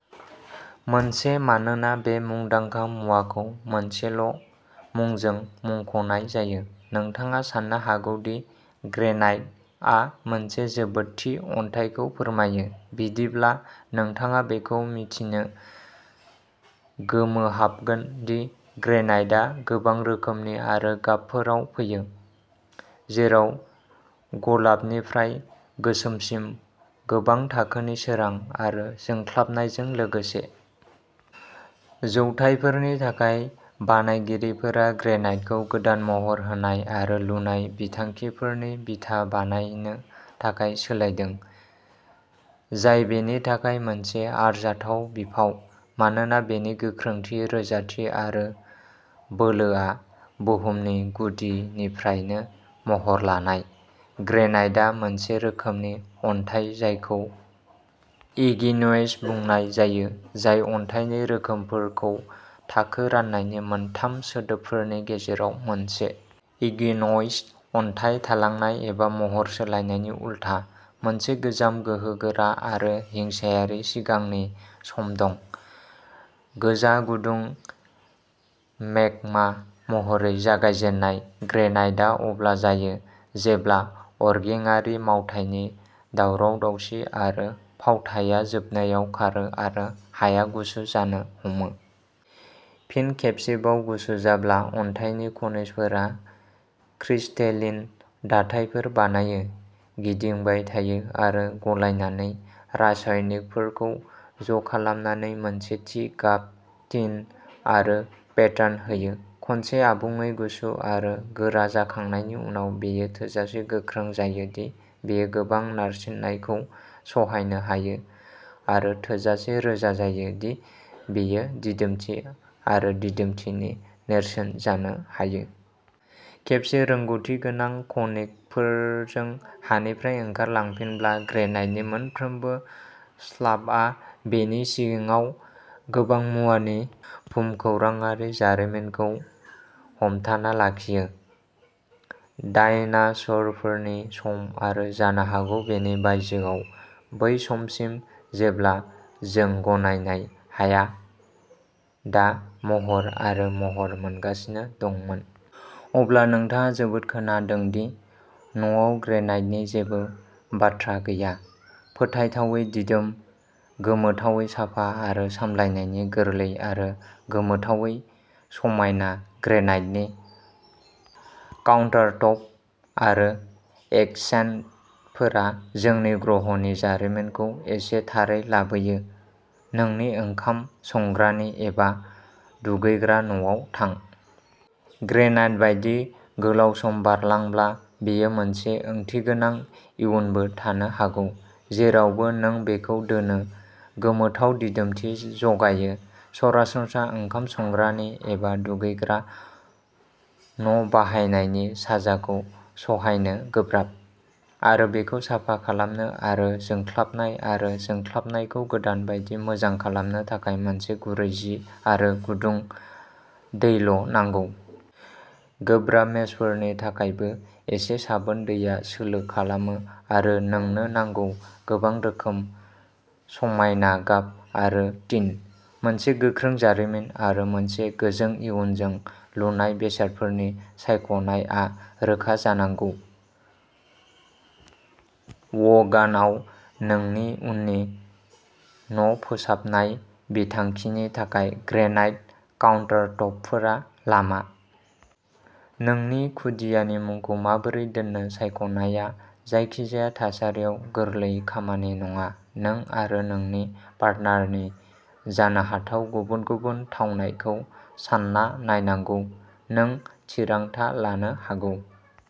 मोनसे. मानोना बे मुंदांखा मुवाखौ मोनसेल'मुंजों मुंख'नाय जायो, नोंथाङा साननो हागौ दि "ग्रेनाइट" आ मोनसे जोबोद थि अन्थाइखौ फोरमायो। बिदिब्ला, नोंथाङा बेखौ मिथिनो गोमोहाबगोन दि ग्रेनाइटआ गोबां रोखोमनि आरो गाबफोराव फैयो, जेराव गलाबनिफ्राय गोसोमसिम, गोबां थाखोनि सोरां आरो जोंख्लाबनायजों लोगोसे। जौथायफोरनि थाखाय, बानायगिरिफोरा ग्रेनाइटखौ गोदान महर होनाय आरो लुनाय बिथांखिफोरनि बिथा बानायनो थाखाय सोलायदों, जाय बेनि थाखाय मोनसे आरजाथाव बिफाव, मानोना बेनि गोख्रोंथि, रोजाथि आरो बोलोआ बुहुमनि गुदिनिफ्रायनो महर लानाय। ग्रेनाइटआ मोनसे रोखोमनि अन्थाइ जायखौ इग्नियस बुंनाय जायो, जाय अन्थाइनि रोखोमफोरखौ थाखो रान्नायनि मोनथाम सोदोबफोरनि गेजेराव मोनसे। इग्नियस अन्थाइ, थालांनाय एबा महर सोलायनायनि उलथा, मोनसे गोजाम, गोहोगोरा आरो हिंसायारि सिगांनि सम दं। गोजा-गुदुं मेगमा महरै जागायजेन्नाय, ग्रेनाइटआ अब्ला जायो जेब्ला अरगेंआरि मावथायनि दावराव-दावसि आरो फावथाया जोबनायाव खारो आरो हाया गुसु जानो हमो। फिन खेबसेबाव गुसु जाब्ला, अन्थाइनि खनिजफोरा क्रिस्टेलिन दाथायफोर बानायो, गिदिंबाय थायो आरो गलायनानै रासायनिकफोरखौ ज'खालामनानै मोनसे थि गाब, टिन आरो पेटार्न होयो। खनसे आबुङै गुसु आरो गोरा जाखांनायनि उनाव, बेयो थोजासे गोख्रों जायो दि बेयो गोबां नारसिननायखौ सहायनो हायो आरो थोजासे रोजा जायो दि बेयो दिदोमथि आरो दिदोमथिनि नेरसोन जानो हायो। खेबसे रोंग'थि गोनां खनिकफोरजों हानिफ्राय ओंखार लांफिनब्ला, ग्रेनाइटनि मोनफ्रोमबो स्लाबआ बेनि सिङाव गोबां मुवानि भुमखौराङारि जारिमिनखौ हमथाना लाखियो, डायनासोरफोरनि सम आरो जानो हागौ बेनि बायजोआव, बै समसिम जेब्ला जों गनायनाय हाया दा महर आरो महर मोनगासिनो दंमोन। अब्ला, नोंथाङा जोबोद खोनादों दि न'आव ग्रेनाइटनि जेबो बाथ्रा गैया। फोथायथावै दिदोम, गोमोथावै साफा आरो सामलायनायनि गोरलै आरो गोमोथावै समायना, ग्रेनाइटनि काउन्टारटप आरो एक्सेयान्टफोरा जोंनि ग्रहनि जारिमिनखौ एसे थारै लाबोयो। नोंनि ओंखाम संग्रानि एबा दुगैग्रा न'आव थां। ग्रेनाइट बायदि गोलाव सम बारलांब्ला, बेयो मोनसे ओंथिगोनां इयुनबो थानो हागौ, जेरावबो नों बेखौ दोनो, गोमोथाव दिदोमथि जगायो। सरासनस्रा ओंखाम संग्रानि एबा दुगैग्रा न'बाहायनायनि साजाखौ सहायनो गोब्राब, आरो बेखौ साफा खालामनो आरो जोंख्लाबनाय आरो जोंख्लाबनायखौ गोदान बायदि मोजां खालामनो थाखाय मोनसे गुरै जि आरो गुदुं दैल'नांगौ। गोब्राब मेसफोरनि थाखायबो, एसे साबोन दैआ सोलो खालामो आरो नोंनो नांगौ। गोबां रोखोम, समायना गाब आरो टिन, मोनसे गोख्रों जारिमिन आरो मोनसे गोजों इयुनजों, लुनाय बेसादफोरनि सायख'नायआ रोखा जानांगौ व'गानआव नोंनि उननि न'फोसाबनाय बिथांखिनि थाखाय, ग्रेनाइट काउन्टारटपफोरा लामा। नोंनि खुदियानि मुंखौ माबोरै दोन्नो सायख'नाया जायखिजाया थासारियाव गोरलै खामानि नङा-नों आरो नोंनि पार्टनारनि जानो हाथाव गुबुन गुबुन थावनायखौ सान्ना नायनांगौ, नों थिरांथा लानो हागौ।